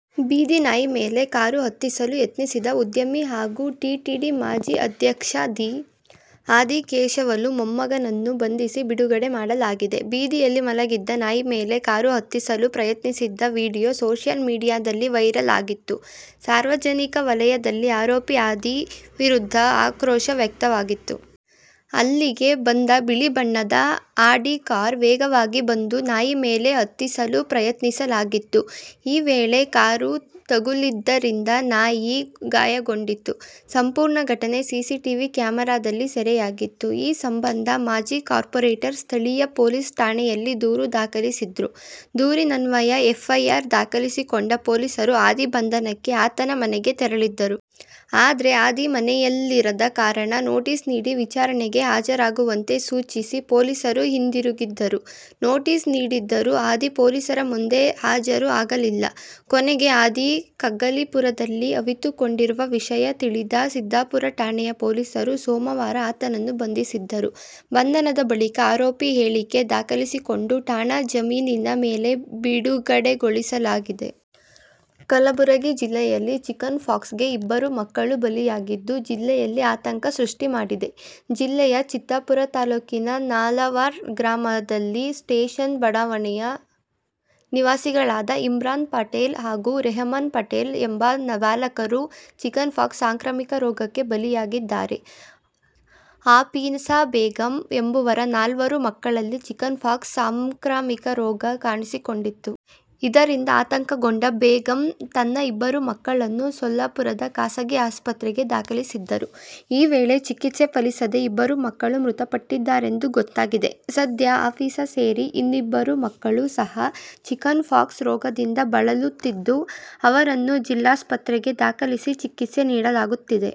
ಬೀದಿ ನಾಯಿ ಮೇಲೆ ಕಾರು ಹತ್ತಿಸಲು ಯತ್ನಿಸಿದ್ದ ಉದ್ಯಮಿ ಹಾಗೂ ಟಿಟಿಡಿ ಮಾಜಿ ಅಧ್ಯಕ್ಷ ದಿ. ಆದಿಕೇಶವಲು ಮೊಮ್ಮಗನನ್ನು ಬಂಧಿಸಿ ಬಿಡುಗಡೆ ಮಾಡಲಾಗಿದೆ. ಬೀದಿಯಲ್ಲಿ ಮಲಗಿದ್ದ ನಾಯಿ ಮೇಲೆ ಕಾರು ಹತ್ತಿಸಲು ಪ್ರಯತ್ನಿಸಿದ್ದ ವಿಡಿಯೋ ಸೋಶಿಯಲ್ ಮೀಡಿಯಾದಲ್ಲಿ ವೈರಲ್ ಆಗಿತ್ತು. ಸಾರ್ವಜನಿಕ ವಲಯದಲ್ಲಿ ಆರೋಪಿ ಆದಿ ವಿರುದ್ಧ ಆಕ್ರೋಶ ವ್ಯಕ್ತವಾಗಿತ್ತು. ಅಲ್ಲಿಗೆ ಬಂದ ಬಿಳಿ ಬಣ್ಣದ ಆಡಿ ಕಾರ್ ವೇಗವಾಗಿ ಬಂದು ನಾಯಿ ಮೇಲೆ ಹತ್ತಿಸಲು ಪ್ರಯತ್ನಿಸಲಾಗಿತ್ತು. ಈ ವೇಳೆ ಕಾರು ತಗುಲಿದ್ದರಿಂದ ನಾಯಿ ಗಾಯಗೊಂಡಿತ್ತು. ಸಂಪೂರ್ಣ ಘಟನೆ ಸಿಸಿಟಿವಿ ಕ್ಯಾಮೆರಾದಲ್ಲಿ ಸೆರೆಯಾಗಿತ್ತು. ಈ ಸಂಬಂಧ ಮಾಜಿ ಕಾರ್ಪೋರೇಟರ್ ಸ್ಥಳೀಯ ಪೊಲೀಸ್ ಠಾಣೆಯಲ್ಲಿ ದೂರು ದಾಖಲಿಸಿದ್ರು. ದೂರಿನನ್ವಯ ಎಫ್ಐಆರ್ ದಾಖಲಿಸಿಕೊಂಡ ಪೊಲೀಸರು ಆದಿ ಬಂಧನಕ್ಕೆ ಆತನ ಮನೆಗೆ ತೆರಳಿದ್ದರು. ಆದ್ರೆ ಆದಿ ಮನೆಯಲ್ಲಿರದ ಕಾರಣ ನೋಟಿಸ್ ನೀಡಿ ವಿಚಾರಣೆಗೆ ಹಾಜರಾಗುವಂತೆ ಸೂಚಿಸಿ ಪೊಲೀಸರು ಹಿಂದಿರುಗಿದ್ದರು. ನೋಟಿಸ್ ನೀಡಿದ್ದರೂ ಆದಿ ಪೊಲೀಸರ ಮುಂದೆ ಹಾಜರು ಆಗಿರಲಿಲ್ಲ. ಕೊನೆಗೆ ಆದಿ ಕಗ್ಗಲಿಪುರದಲ್ಲಿ ಅವಿತುಕೊಂಡಿರುವ ವಿಷಯ ತಿಳಿದ ಸಿದ್ದಾಪುರ ಠಾಣೆಯ ಪೊಲೀಸರು ಸೋಮವಾರ ಆತನನ್ನು ಬಂಧಿಸಿದ್ದರು. ಬಂಧನದ ಬಳಿಕ ಆರೋಪಿ ಹೇಳಿಕೆ ದಾಖಲಿಸಿಕೊಂಡು ಠಾಣಾ ಜಾಮೀನಿನ ಮೇಲೆ ಬಿಡುಗಡೆಗೊಳಿಸಲಾಗಿದೆ. ಕಲಬುರಗಿ ಜಿಲ್ಲೆಯಲ್ಲಿ ಚಿಕನ್ ಪಾಕ್ಸ್ ಗೆ ಇಬ್ಬರು ಮಕ್ಕಳು ಬಲಿಯಾಗಿದ್ದು, ಜಿಲ್ಲೆಯಲ್ಲಿ ಆತಂಕ ಸೃಷ್ಟಿ ಮಾಡಿದೆ. ಜಿಲ್ಲೆಯ ಚಿತ್ತಾಪುರ ತಾಲೂಕಿನ ನಾಲವಾರ್ ಗ್ರಾಮದಲ್ಲಿ ಸ್ಟೇಷನ್ ಬಡಾವಣೆಯ ನಿವಾಸಿಗಳಾದ ಇಮ್ರಾನ್ ಪಟೇಲ್ ಹಾಗೂ ರೆಹಮಾನ್ ಪಟೇಲ್ ಎಂಬ ಬಾಲಕರು ಚಿಕನ್ ಪಾಕ್ಸ್ ಸಾಂಕ್ರಾಮಿಕ ರೋಗಕ್ಕೆ ಬಲಿಯಾಗಿದ್ದಾರೆ. ಹಾಪೀಸಾ ಬೇಗಂ ಎಂಬುವರ ನಾಲ್ವರು ಮಕ್ಕಳಲ್ಲಿ ಚಿಕನ್ ಪಾಕ್ಸ್ ಸಾಂಕ್ರಾಮಿಕ ರೋಗ ಕಾಣಿಸಿಕೊಂಡಿತ್ತು. ಇದರಿಂದ ಆತಂಕಗೊಂಡ ಬೇಗಂ ತನ್ನ ಇಬ್ಬರು ಮಕ್ಕಳನ್ನು ಸೊಲ್ಲಾಪುರದ ಖಾಸಗಿ ಆಸ್ಪತ್ರೆಗೆ ದಾಖಲಿಸಿದ್ದರು. ಈ ವೇಳೆ ಚಿಕಿತ್ಸೆ ಫಲಿಸದೆ ಇಬ್ಬರು ಮಕ್ಕಳು ಮೃತಪಟ್ಟಿದ್ದಾರೆಂದು ಗೊತ್ತಾಗಿದೆ. ಸದ್ಯ ಹಾಪೀಸಾ ಸೇರಿ ಇನ್ನಿಬ್ಬರು ಮಕ್ಕಳು ಸಹ ಚಿಕನ್ ಪಾಕ್ಸ್ ರೋಗದಿಂದ ಬಳಲುತ್ತಿದ್ದು, ಅವರನ್ನು ಜಿಲ್ಲಾಸ್ಪತ್ರೆಗೆ ದಾಖಲಿಸಿ ಚಿಕಿತ್ಸೆ ನೀಡಲಾಗುತ್ತಿದೆ.